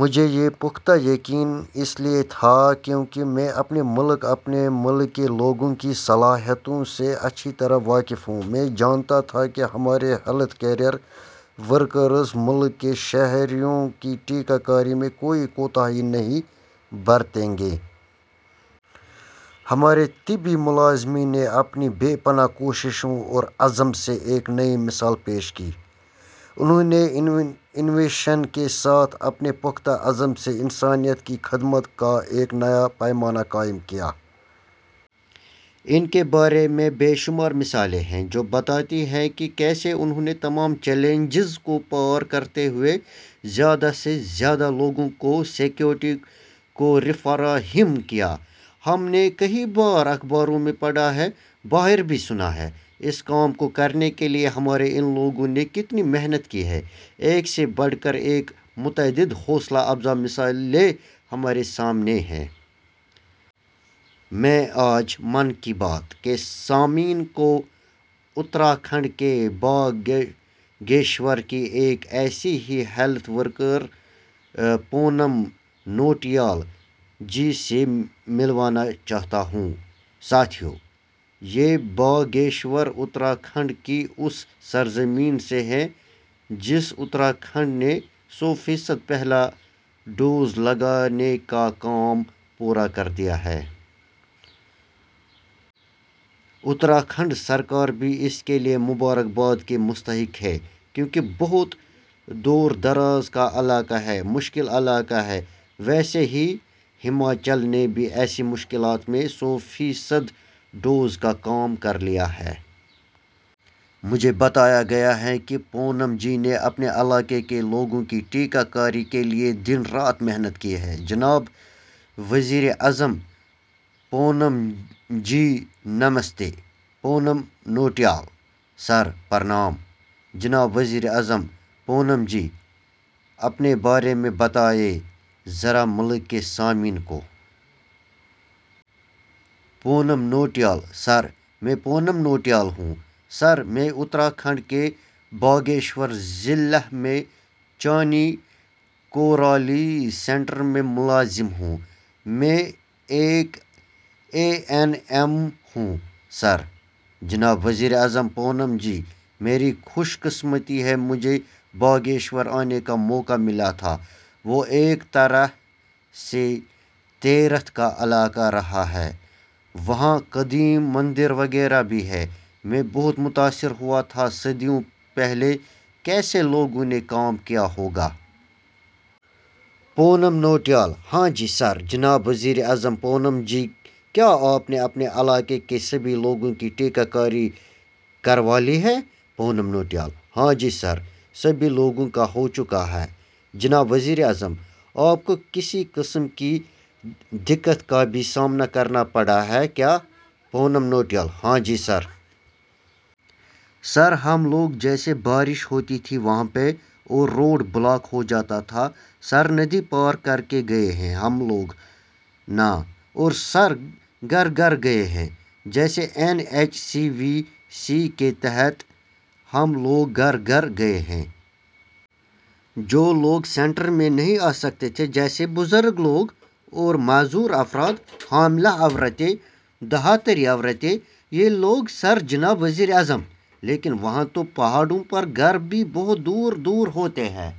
مجھے یہ پختہ یقین اس لیے تھا، کیوں کہ میں اپنے ملک، اپنے ملک کے لوگوں کی صلاحیتوں سے اچھی طرح واقف ہوں۔ میں جانتا تھا کہ ہمارے ہیلتھ کیئر ورکرز ملک کے شہریوں کی ٹیکہ کاری میں کوئی کوتاہی نہیں برتیں گے۔ ہمارے طبی ملازمین نے اپنی بے پناہ کوششوں اور عزم سے ایک نئی مثال پیش کی، انہوں نے انوویشن کے ساتھ اپنے پختہ عزم سے انسانیت کی خدمت کا ایک نیا پیمانہ قائم کیا۔ ان کے بارے میں بے شمار مثالیں ہیں، جو بتاتی ہیں کہ کیسے انہوں نے تمام چیلنجز کو پار کرتے ہوئے زیادہ سے زیادہ لوگوں کو سیکورٹی کور فراہم کیا۔ ہم نے کئی بار اخباروں میں پڑھا ہے، باہر بھی سنا ہے اس کام کو کرنے کے لیے ہمارے ان لوگوں نے کتنی محنت کی ہے، ایک سے بڑھ کر ایک متعدد حوصلہ افزا مثالیں ہمارے سامنے ہیں۔ میں آج 'من کی بات' کے سامعین کو اتراکھنڈ کے باگیشور کی ایک ایسی ہی ہیلتھ ورکر پونم نوٹیال جی سے ملوانا چاہتا ہوں۔ ساتھیو، یہ باگیشور اتراکھنڈ کی اُس سرزمین سے ہے جس اتراکھنڈ نے سو فیصد پہلا ڈوز لگانے کا کام پورا کر دیا ہے۔ اتراکھنڈ سرکار بھی اس کے لیے مبارکباد کی مستحق ہے، کیوں کہ بہت دور دراز کا علاقہ ہے، مشکل علاقہ ہے۔ ویسے ہی، ہماچل نے بھی ایسی مشکلات میں سو فیصد ڈوز کا کام کر لیا ہے۔ مجھے بتایا گیا ہے کہ پونم جی نے اپنے علاقے کے لوگوں کی ٹیکہ کاری کے لیے دن رات محنت کی ہے۔ جناب وزیر اعظم:- پونم جی نمستے۔ پونم نوٹیال:- سر پرنام۔ جناب وزیراعظم:- پونم جی اپنے بارے میں بتائے ذرا ملک کے سامعین کو۔ پونم نوٹیال:- سر میں پونم نوٹیال ہوں۔ سر میں اتراکھنڈ کے باگیشور ضلع میں چانی کورالی سنٹر میں ملازم ہوں۔ میں ایک اے این ایم ہوں سر۔ جناب وزیر اعظم:- پونم جی میری خوش قسمتی ہے مجھے باگیشور آنے کا موقع ملا تھا وہ ایک طرح سے تیرتھ کا علاقہ رہا ہے وہاں قدیم مندر وغیرہ بھی ہیں، میں بہت متاثر ہوا تھا صدیوں پہلے کیسے لوگوں نے کام کیا ہوگا۔ پونم نوٹیال:- ہاں جی سر جناب وزیر اعظم:- پونم جی کیا آپ نے اپنے علاقے کے سبھی لوگوں کی ٹیکہ کاری کروالی ہے۔ پونم نوٹیال:- ہاں جی سر، سبھی لوگوں کا ہو چکا ہے جناب وزیر اعظم:- آپ کو کسی قسم کی دقت کا بھی سامنا کرنا پڑا ہے کیا؟ پونم نوٹیال:- ہاں جی سر۔ سر ہم لوگ جیسے بارش ہوتی تھی وہاں پہ اور روڈ بلاک ہو جاتا تھا۔ سر، ندی پار کرکے گئے ہیں ہم لوگ نا! اور سر گھر گھر گئے ہیں، جیسے N H C V C کے تحت ہم لوگ گھر گھر گئے ہیں۔ جو لوگ سنٹر میں نہیں آ سکتے تھے، جیسے بزرگ لوگ اور معذور افراد، حاملہ عورتیں، دھاتری عورتیں – یہ لوگ سر۔ جناب وزیر اعظم:- لیکن، وہاں تو پہاڑوں پر گھر بھی بہت دور دور ہوتے ہیں۔